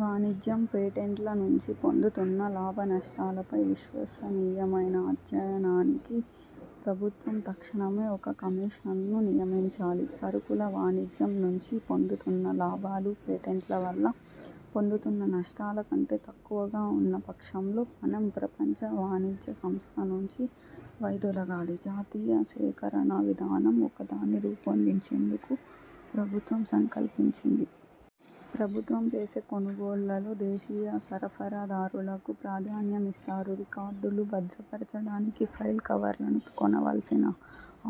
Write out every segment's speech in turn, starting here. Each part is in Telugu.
వాణిజ్యం, పేటెంట్ల నుంచి పొందుతున్న లాభనష్టాలపై విశ్వసనీయమైన అధ్యయనానికి ప్రభుత్వం తక్షణమే ఒక కమిషన్ను నియమించాలి. సరుకుల వాణిజ్యం నుంచి పొందుతున్న లాభాలు పేటెంట్ల వల్ల పొందుతున్న నష్టాల కంటే తక్కువగా ఉన్న పక్షంలో మనం ప్రపంచ వాణిజ్య సంస్థ నుంచి వైదొలగాలి. జాతీయ సేకరణ విధానం ఒకదాన్ని రూపొందించేందుకు ప్రభుత్వం సంకల్పించింది. ప్రభుత్వం చేసే కొనుగోళ్ళలో దేశీయ సరఫరాదారులకు ప్రాధాన్యమిస్తారు. రికార్డులు భద్రపరచడానికి ఫైల్ కవర్లను కొనవల్సిన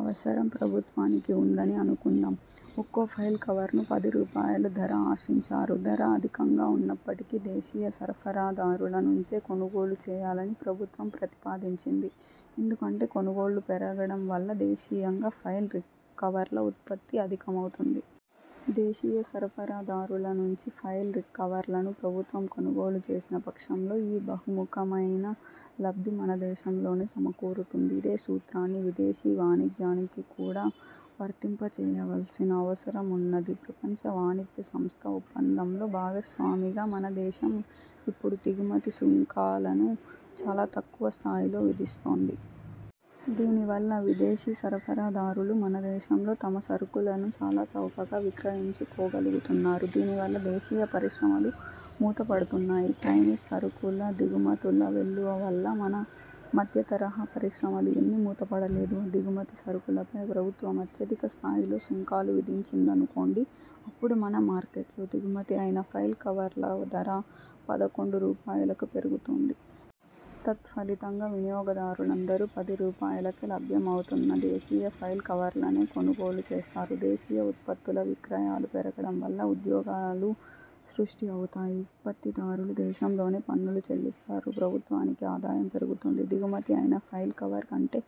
అవసరం ప్రభుత్వానికి వుందని అనుకుందాం. ఒక్కో ఫైల్ కవర్ను పది రూపాయలుధర ఆశించారు. ధర అధికంగా ఉన్నప్పటికీ దేశీయ సరఫరాదారుల నుంచే కొనుగోలు చేయాలని ప్రభుత్వం ప్రతిపాదించింది. ఎందుకంటే కొనుగోళ్ళు పెరగడం వల్ల దేశీయంగా ఫైల్ కవర్ల ఉత్పత్తి అధికమవుతుంది. దేశీయ సరఫరాదారుల నుంచి ఫైల్ కవర్లను ప్రభుత్వం కొనుగోలుచేసిన పక్షంలో ఈ బహుముఖమైన లబ్ధి మన దేశంలోనే సమకూరుతుంది. ఇదే సూత్రాన్ని విదేశీ వాణిజ్యానికి కూడా వర్తింపచేయవల్సిన అవసరమున్నది. ప్రపంచ వాణిజ్య సంస్థ ఒప్పందంలో భాగస్వామిగా మన దేశం ఇప్పుడు దిగుమతి సుంకాలను చాలా తక్కువ స్థాయిలో విధిస్తోంది. దీనివల్ల విదేశీ సరఫరాదారులు మన దేశంలో తమ సరుకులను చాలా చౌకగా విక్రయించుకోగలుగుతున్నారు. దీనివల్ల దేశీయ పరిశ్రమలు మూతపడుతున్నాయి. చైనీస్ సరుకుల దిగుమతుల వెల్లువ వల్ల మన మధ్యతరహా పరిశ్రమలు ఎన్ని మూతపడలేదు? దిగుమతి సరుకులపై ప్రభుత్వం అత్యధిక స్థాయిలో సుంకాలు విధించిందనుకోండి. అప్పుడు మన మార్కెట్లో, దిగుమతి అయిన ఫైల్ కవర్ల ధర పదకొండు రూపాయలుకి పెరుగుతుంది. తత్ఫలితంగా వినియోగదారులందరూ పది రూపాయలుకే లభ్యమవుతున్న దేశీయ ఫైల్ కవర్లనే కొనుగోలు చేస్తారు దేశీయ ఉత్పత్తుల విక్రయాలు పెరగడం వల్ల ఉద్యోగాలు సృష్టి అవుతాయి. ఉత్పత్తిదారులు దేశంలోనే పన్నులు చెల్లిస్తారు. ప్రభుత్వానికి ఆదాయం పెరుగుతుంది. దిగుమతి అయిన ఫైల్ కవర్ కంటే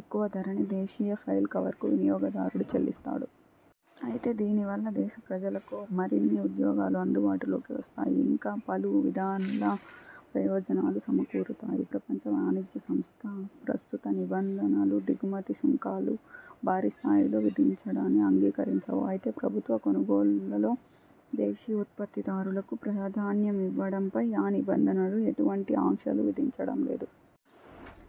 ఎక్కువ ధరనే దేశీయ ఫైల్ కవర్కు వినియోగదారుడు చెల్లిస్తాడు. అయితే దీనివల్ల దేశ ప్రజలకు మరిన్ని ఉద్యోగాలు అందుబాటులోకి వస్తాయి. ఇంకా పలు విధాల ప్రయోజనాలు సమకూరుతాయి. ప్రపంచ వాణిజ్య సంస్థ ప్రస్తుత నిబంధనలు దిగుమతి సుంకాలు భారీ స్థాయిలో విధించడాన్ని అంగీకరించవు. అయితే ప్రభుత్వ కొనుగోళ్ళలో దేశీయ ఉత్పత్తిదారులకు ప్రాధాన్యమివ్వడంపై ఆ నిబంధనలు ఎటువంటి ఆంక్షలు విధించడం లేదు.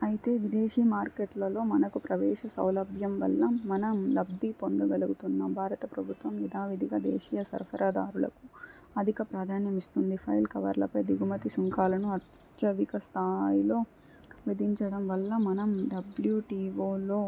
అయితే విదేశీ మార్కెట్లలో మనకు ప్రవేశ సౌలభ్యంవల్ల మనం లబ్ధి పొందగలుగుతున్నాం. భారత ప్రభుత్వం యథావిధిగా దేశీయ సరఫరాదారులకు అధిక ప్రాధాన్యమిస్తుంది. ఫైల్ కవర్లపై దిగుమతి సుంకాలను అత్యధికస్థాయిలో విధించడం వల్ల మనం డబ్ల్యూ టీవోలో